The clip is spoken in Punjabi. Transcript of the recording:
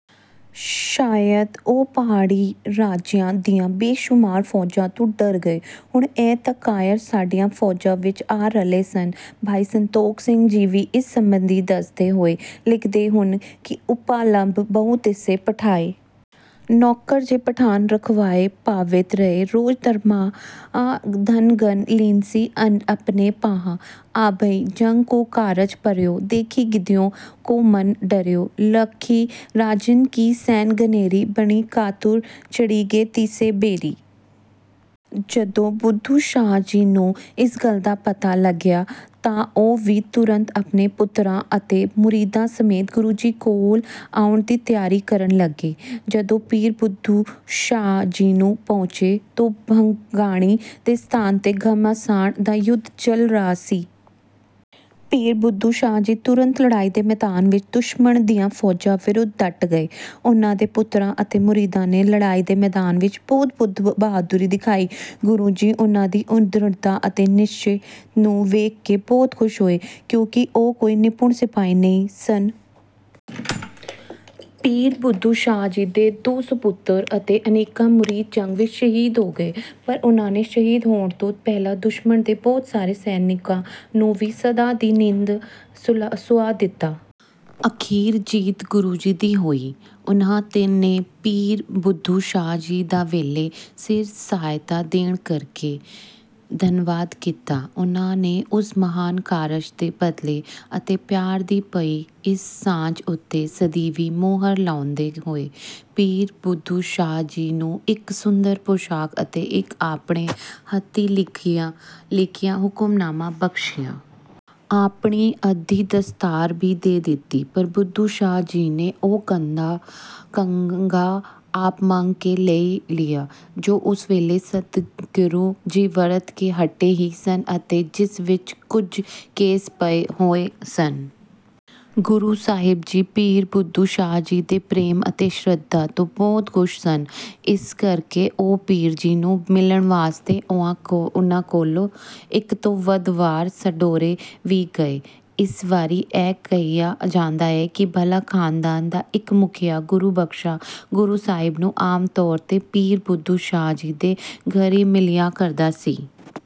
ਸ਼ਾਇਦ ਉਹ ਪਹਾੜੀ ਰਾਜਿਆਂ ਦੀਆਂ ਬੇਸ਼ੁਮਾਰ ਫੌਜ਼ਾਂ ਤੋਂ ਡਰ ਗਏ। ਇਹ ਤਾਂ ਕਾਇਰ ਸਾਡੀਆਂ ਫੌਜਾਂ ਵਿੱਚ ਆ ਰਲੇ ਸਨ। ਬਾਈ ਸੰਤੋਖ ਸਿੰਘ ਜੀ ਵੀ ਇਸ ਸੰਬੰਧੀ ਦੱਸਦੇ ਹੋਏ ਲਿਖਦੇ ਹਨ ਕਿ ਉਪਾਲੰਭ ਬਹੁ ਤਿਸੈ ਪਠਾਏ। ਨੌਕਰ ਜੇ ਪਠਾਨ ਰਖਵਾਏ। ਪਾਵਿਤ ਰਹੇ ਰੋਜ਼ ਦਰਮਾਹਾ। ਧਨ ਗਨ ਲੀਨਸਿ ਅਪਨੇ ਪਾਹਾ। ਅਬਹਿ ਜੰਗ ਕੋ ਕਾਰਜ ਪਰ੍ਯੋ। ਦੇਖਿ ਗੀਦੀਅਨ ਕੋ ਮਨ ਡਰ੍ਯੋ। ਲਖਿ ਰਾਜਨ ਕੀ ਸੈਨ ਘਨੇਰੀ। ਬਨਿ ਕਾਤੁਰ ਚਢਿਗੇ ਤਿਸ ਬੇਰੀ। ਜਦੋਂ ਬੁੱਧੂ ਸ਼ਾਹ ਜੀ ਨੂੰ ਇਸ ਗੱਲ ਦਾ ਪਤਾ ਲੱਗਾ ਤਾਂ ਉਹ ਵੀ ਤੁਰੰਤ ਆਪਣੇ ਪੁੱਤਰਾਂ ਅਤੇ ਮੁਰੀਦਾਂ ਸਮੇਤ ਗੁਰੂ ਜੀ ਕੋਲ ਆਉਣ ਦੀ ਤਿਆਰੀ ਕਰਨ ਲੱਗੇ। ਜਦੋਂ ਪੀਰ ਬੁੱਧੂ ਸ਼ਾਹ ਜੀ ਪਹੁੰਚੇ ਤਾਂ ਭੰਗਾਣੀ ਦੇ ਸਥਾਨ ਤੇ ਘਮਸਾਣ ਦਾ ਯੁੱਧ ਚੱਲ ਰਿਹਾ ਸੀ। ਪੀਰ ਬੁੱਧੂ ਸ਼ਾਹ ਜੀ ਤੁਰੰਤ ਲੜਾਈ ਦੇ ਮੈਦਾਨ ਵਿੱਚ ਦੁਸ਼ਮਣ ਦੀਆਂ ਫੌਜਾਂ ਵਿਰੁੱਧ ਡਟ ਗਏ। ਉਨ੍ਹਾਂ ਦੇ ਪੁੱਤਰਾਂ ਅਤੇ ਮੁਰੀਦਾਂ ਨੇ ਲੜਾਈ ਦੇ ਮੈਦਾਨ ਵਿੱਚ ਬਹੁਤ ਬਹਾਦਰੀ ਦਿਖਾਈ। ਗੁਰੂ ਜੀ ਉਨ੍ਹਾਂ ਦੀ ਦ੍ਰਿੜ੍ਹਤਾ ਅਤੇ ਨਿਸ਼ਚੇ ਨੂੰ ਵੇਖ ਕੇ ਬਹੁਤ ਖੁਸ਼ ਹੋਏ, ਕਿਉਂਕਿ ਉਹ ਕੋਈ ਨਿਪੁੰਨ ਸਿਪਾਹੀ ਨਹੀਂ ਸਨ। ਪੀਰ ਬੁੱਧੂ ਸ਼ਾਹ ਜੀ ਦੇ ਦੋ ਸਪੁੱਤਰ ਅਤੇ ਅਨੇਕਾਂ ਮੁਰੀਦ ਜੰਗ ਵਿੱਚ ਸ਼ਹੀਦ ਹੋ ਗਏ| ਪਰ ਉਨ੍ਹਾਂ ਨੇ ਸ਼ਹੀਦ ਹੋਣ ਤੋਂ ਪਹਿਲਾਂ ਦੁਸ਼ਮਣ ਦੇ ਬਹੁਤ ਸਾਰੇ ਸੈਨਿਕਾਂ ਨੂੰ ਵੀ ਸਦਾ ਦੀ ਨੀਂਦ ਸੁਆ ਦਿੱਤਾ। ਅਖੀਰ ਜੀਤ ਗੁਰੂ ਜੀ ਦੀ ਹੋਈ। ਉਨ੍ਹਾਂ ਨੇ ਪੀਰ ਬੁੱਧੂ ਸ਼ਾਹ ਜੀ ਦਾ ਵੇਲੇ ਸਿਰ ਸਹਾਇਤਾ ਦੇਣ ਕਰਕੇ ਧੰਨਵਾਦ ਕੀਤਾ। ਉਨ੍ਹਾਂ ਨੇ ਇਸ ਮਹਾਨ ਕਾਰਜ ਦੇ ਬਦਲੇ ਅਤੇ ਪਿਆਰ ਦੀ ਪਈ ਇਸ ਸਾਂਝ ਉਂਤੇ ਸਦੀਵੀ ਮੋਹਰ ਲਾਉਂਦੇ ਹੋਏ, ਪੀਰ ਬੁੱਧੂ ਸ਼ਾਹ ਜੀ ਨੂੰ ਇਕ ਸੁੰਦਰ ਪੁਸ਼ਾਕ ਅਤੇ ਇੱਕ ਆਪਣੇ ਹੱਥੀਂ ਲਿਖਿਆ ਹੁਕਮਨਾਮਾ ਬਖਸ਼ਿਆ। ਆਪਣੀ ਅੱਧੀ ਦਸਤਾਰ ਭੀ ਦੇ ਦਿੱਤੀ। ਪਰ ਬੁੱਧੂ ਸ਼ਾਹ ਜੀ ਨੇ ਉਹ ਕੰਘਾ ਆਪ ਮੰਗ ਕੇ ਲੈ ਲਿਆ, ਜੋ ਉਸ ਵੇਲੇ ਸਤਿਗੁਰੂ ਜੀ ਵਰਤ ਕੇ ਹਟੇ ਹੀ ਸਨ ਅਤੇ ਜਿਸ ਵਿੱਚ ਕੁਝ ਕੇਸ ਪਏ ਹੋਏ ਸਨ। ਗੁਰੂ ਸਾਹਿਬ ਜੀ ਪੀਰ ਬੁੱਧੂ ਸ਼ਾਹ ਜੀ ਦੇ ਪ੍ਰੇਮ ਅਤੇ ਸ਼ਰਧਾ ਤੋਂ ਬਹੁਤ ਖੁਸ਼ ਸਨ, ਇਸ ਕਰਕੇ ਉਹ ਪੀਰ ਜੀ ਨੂੰ ਮਿਲਣ ਵਾਸਤੇ ਉਨ੍ਹਾਂ ਕੋਲ, ਇੱਕ ਤੋਂ ਵੱਧ ਵਾਰ, ਸਢੌਰੇ ਵੀ ਗਏ। ਇਸ ਬਾਰੇ ਇਹ ਕਿਹਾ ਜਾਂਦਾ ਹੈ ਕਿ ਭੱਲਾ ਖਾਨਦਾਨ ਦਾ ਇੱਕ ਮੁਖੀਆ ਗੁਰਬਖਸ਼ਾ ਗੁਰੂ ਸਾਹਿਬ ਨੂੰ ਆਮ ਤੌਰ ਤੇ ਪੀਰ ਬੁੱਧੂ ਸ਼ਾਹ ਜੀ ਦੇ ਗਰ ਹੀ ਮਿਲਿਆ ਕਰਦਾ ਸੀ।